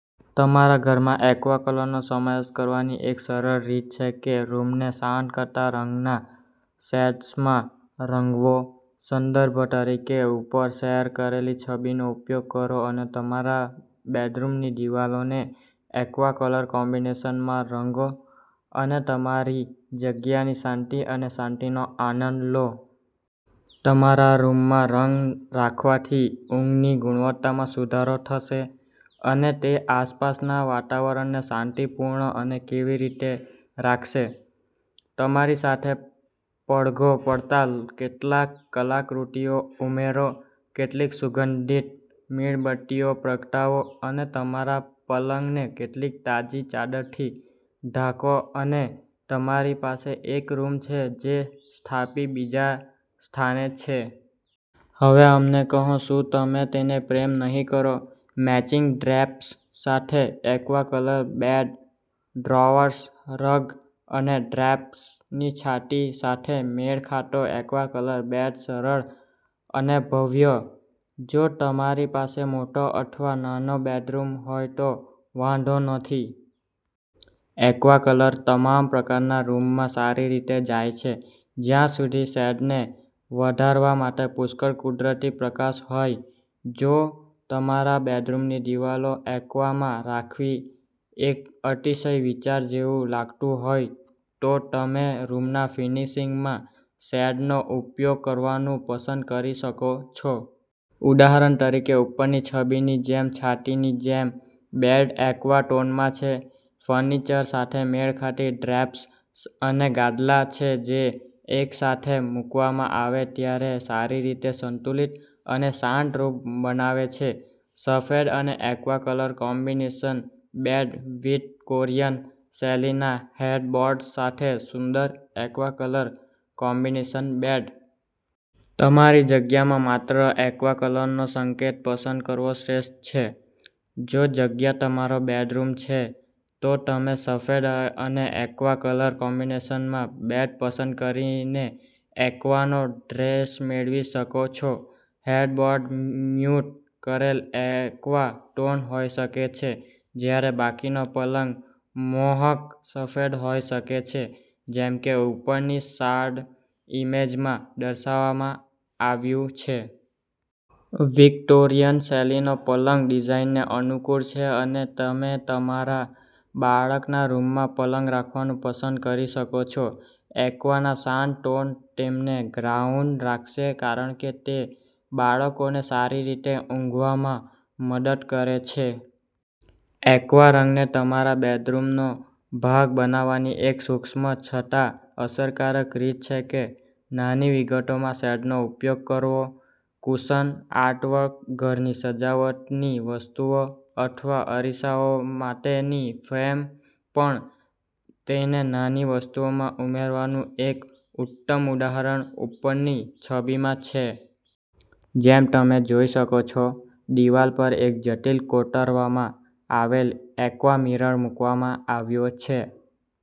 તમારા ઘરમાં એક્વા કલરનો સમાવેશ કરવાની એક સરળ રીત છે કે રૂમને શાંત કરતા રંગના શેડ્સમાં રંગવો. સંદર્ભ તરીકે ઉપર શેર કરેલી છબીનો ઉપયોગ કરો અને તમારા બેડરૂમની દિવાલોને એક્વા કલર કોમ્બિનેશનમાં રંગો અને તમારી જગ્યાની શાંતિ અને શાંતિનો આનંદ લો. તમારા રૂમમાં રંગ રાખવાથી ઊંઘની ગુણવત્તામાં સુધારો થશે અને તે આસપાસના વાતાવરણને શાંતિપૂર્ણ અને કેવી રીતે રાખશે. તમારી સાથે પડઘો પાડતા કેટલાક કલાકૃતિઓ ઉમેરો, કેટલીક સુગંધિત મીણબત્તીઓ પ્રગટાવો, અને તમારા પલંગને કેટલીક તાજી ચાદરથી ઢાંકોઅને તમારી પાસે એક રૂમ છે જે સ્થાપી બીજા સ્થાને છે. હવે અમને કહો, શું તમે તેને પ્રેમ નહીં કરો? મેચિંગ ડ્રેપ્સ સાથે aqua colour bed drawers, rug અને ડ્રેપ્સની છાતી સાથે મેળ ખાતો એક્વા કલર બેડ સરળ અને ભવ્ય. જો તમારી પાસે મોટો અથવા નાનો બેડરૂમ હોય તો વાંધો નથી. એક્વા કલર તમામ પ્રકારના રૂમમાં સારી રીતે જાય છે જ્યાં સુધી શેડને વધારવા માટે પુષ્કળ કુદરતી પ્રકાશ હોય. જો તમારા બેડરૂમની દીવાલો એક્વામાં રાખવી એક અતિશય વિચાર જેવું લાગતું હોય, તો તમે રૂમના ફીનીશિંગમાં શેડનો ઉપયોગ કરવાનું પસંદ કરી શકો છો. ઉદાહરણ તરીકે, ઉપરની છબીની જેમ છાતીની જેમ બેડ એક્વા ટોનમાં છે. ફર્નિચર સાથે મેળ ખાતી ડ્રેપ્સ અને ગાદલા છે જે એકસાથે મૂકવામાં આવે ત્યારે સારી રીતે સંતુલિત અને શાંત રૂમ બનાવે છે. સફેદ અને aqua colour combination bed Victorian શૈલીના હેડબોર્ડ સાથે સુંદર એક્વા કલર કોમ્બિનેશન બેડ. તમારી જગ્યામાં માત્ર એક્વા કલરનો સંકેત પસંદ કરવો શ્રેષ્ઠ છે. જો જગ્યા તમારો બેડરૂમ છે, તો તમે સફેદ અને એક્વા કલર કોમ્બિનેશનમાં બેડ પસંદ કરીને એક્વાનો ડૅશ મેળવી શકો છો. હેડબોર્ડ મ્યૂટ કરેલ એક્વા ટોન હોઈ શકે છે જ્યારે બાકીનો પલંગ મોહક સફેદ હોઈ શકે છે જેમ કે ઉપરની શાર્ડ ઈમેજમાં દર્શાવવામાં આવ્યું છે. વિક્ટોરિયન શૈલીનો પલંગ ડિઝાઇનને અનુકૂળ છે અને તમે તમારા બાળકના રૂમમાં પલંગ રાખવાનું પસંદ કરી શકો છો. એક્વાના શાંત ટોન તેમને ગ્રાઉન્ડ રાખશે કારણ કે તે બાળકોને સારી રીતે ઊંઘવામાં મદદ કરે છે. એક્વા રંગને તમારા બેડરૂમનો ભાગ બનાવવાની એક સૂક્ષ્મ છતાં અસરકારક રીત છે કે નાની વિગતોમાં શેડનો ઉપયોગ કરવો. કુશન, આર્ટવર્ક, ઘરની સજાવટની વસ્તુઓ અથવા અરીસાઓ માટેની ફ્રેમ પણ. તેને નાની વસ્તુઓમાં ઉમેરવાનું એક ઉત્તમ ઉદાહરણ ઉપરની છબીમાં છે. જેમ તમે જોઈ શકો છો, દિવાલ પર એક જટિલ કોતરવામાં આવેલ એક્વા મિરર મૂકવામાં આવ્યો છે.